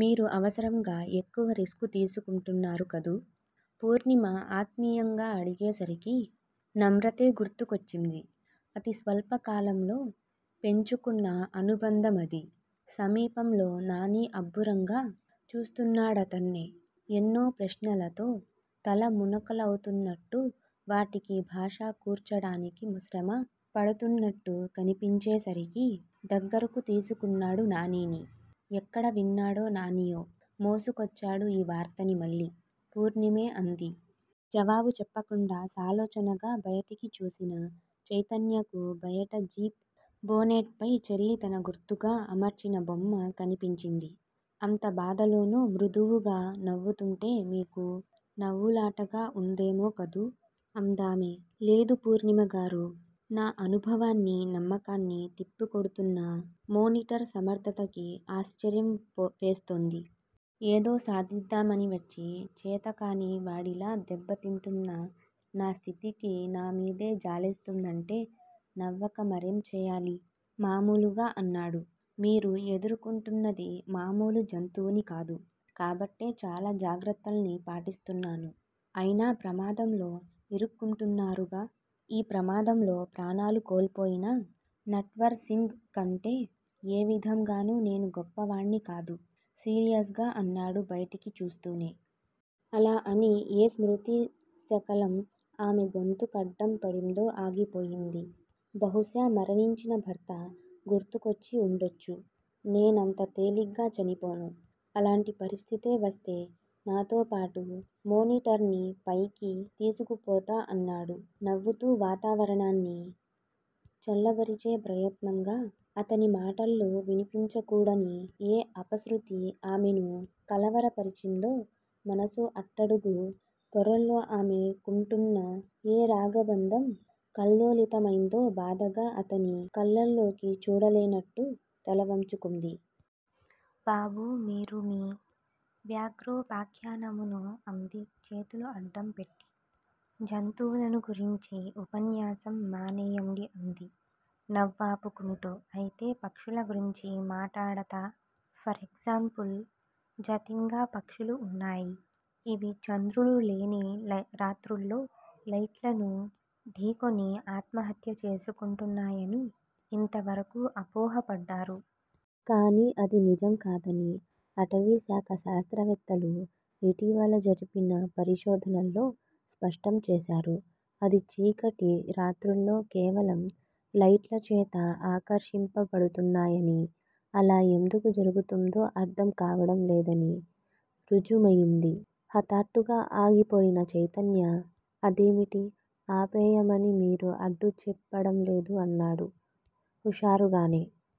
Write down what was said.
మీరు అనవసరంగా ఎక్కువ రిస్కు తీసుకుంటున్నారు కదూ? పూర్ణిమ ఆత్మీయంగా అడిగేసరికి నమ్రతే గుర్తుకొచ్చింది. అతిస్వల్పకాలంలో పెంచుకున్న అనుబంధమది. సమీపంలో నానీ అబ్బురంగా చూస్తున్నాడతడ్నే. ఎన్నో ప్రశ్నలతో తలమునకలవుతున్నట్టు వాటికి భాష కూర్చడానికి శ్రమ పడుతున్నట్టు కనిపించే సరికి దగ్గరకు తీసుకున్నాడు నానీని. ఎక్కడ విన్నాడో నానీయే మోసుకొచ్చాడు ఈ వార్తని మళ్ళీ పూర్ణిమే అంది. జవాబు చెప్పకుండా సాలోచనగా బయటికి చూసిన చైతన్యకు బయట జీప్ బోనెట్ పై చెల్లి తన గుర్తుగా అమర్చిన బొమ్మ కనిపించింది. అంత బాధలోనూ మృదువుగా నవ్వుతుంటే మీకు నవ్వులాటగా ఉందేమో కదూ అందామె. లేదు పూర్ణిమగారూ, నా అనుభవాన్ని, నమ్మకాన్ని తిప్పికొడుతున్న మేనీటర్ సమర్ధతకి ఆశ్చర్యం వేస్తోంది. ఏదో సాధిద్దామని వచ్చి చేతకాని వాడిలా దెబ్బతింటున్న నా స్థితికి నా మీదే జాలేస్తుంటే నవ్వక మరేం చేయాలి మామూలుగా అన్నాడు. మీరు ఎదుర్కొంటున్నది మామూలు జంతువుని కాదు. కాబట్టే చాలా జాగ్రత్తల్ని పాటిస్తున్నాను. అయినా ప్రమాదంలో ఇరుక్కుంటున్నారుగా? ఈ ప్రయత్నంలో ప్రాణాలు కోల్పోయిన నట్వర్ సింగ్ కంటే ఏవిధంగానూ నే గొప్పవాణ్ని కాదు సీరియస్ గా అన్నాడు బయటికి చూస్తూనే. అలా అని ఏ స్మృతిశకలం ఆమె గొంతుక్కడ్డం పడిందో ఆగిపోయింది. బహుశా మరణించిన భర్త గుర్తుకొచ్చి ఉండొచ్చు. నేనంత తేలిగ్గా చనిపోను. అలాంటి పరిస్థితే వస్తే నాతోపాటు మేనీటర్ ని పైకి తీసుకుపోతా అన్నాడు నవ్వుతూ వాతావరణాన్ని చల్లబరిచే ప్రయత్నంగా. అతని మాటల్లో వినిపించకూడని ఏ అపశ్రుతి ఆమెను కలవరపరిచిందో మనసు అట్టడుగు పొరల్లో ఆమె కుంటున్న ఏ రాగబంధం కల్లోలితమైందో బాధగా అతని కళ్ళల్లోకి చూడలేనట్టు తలవంచుకుంది. బాబూ! మీరూ మీ వ్యాఘ్రోపాఖ్యానమూనూ అంది చేతులు అడ్డంగా పెట్టి. జంతువులను గురించి ఉపన్యాసం మానేయండి అంది నవ్వాపుకుంటూ. అయితే పక్షుల గురించి మాటాడతా. ఫరెగ్జాంపుల్ జతింగ పక్షులు వున్నాయి. ఇవి చంద్రుడు లేని రాత్రుల్లో లైట్లను ఢీకొని ఆత్మహత్య చేసుకుంటున్నాయని ఇంతవరకూ అపోహ పడ్డారు. కాని అది నిజంకాదని అటవీశాఖ శాస్త్రవేత్తలు ఇటీవల జరిపిన పరిశోధనల్లో స్పష్టం చేశారు. అది చీకటి రాత్రుల్లో కేవలం లైట్లచేత ఆకర్షింప బడుతున్నాయని, అలా ఎందుకు జరుగుతుందో అర్ధం కావడం లేదని రుజుమయింది హటాత్తుగా ఆగిపోయిన చైతన్య అదేంటీ_ఆపేయమని మీరు అడ్డుచెప్పడం లేదూ అన్నాడు హుషారుగానే.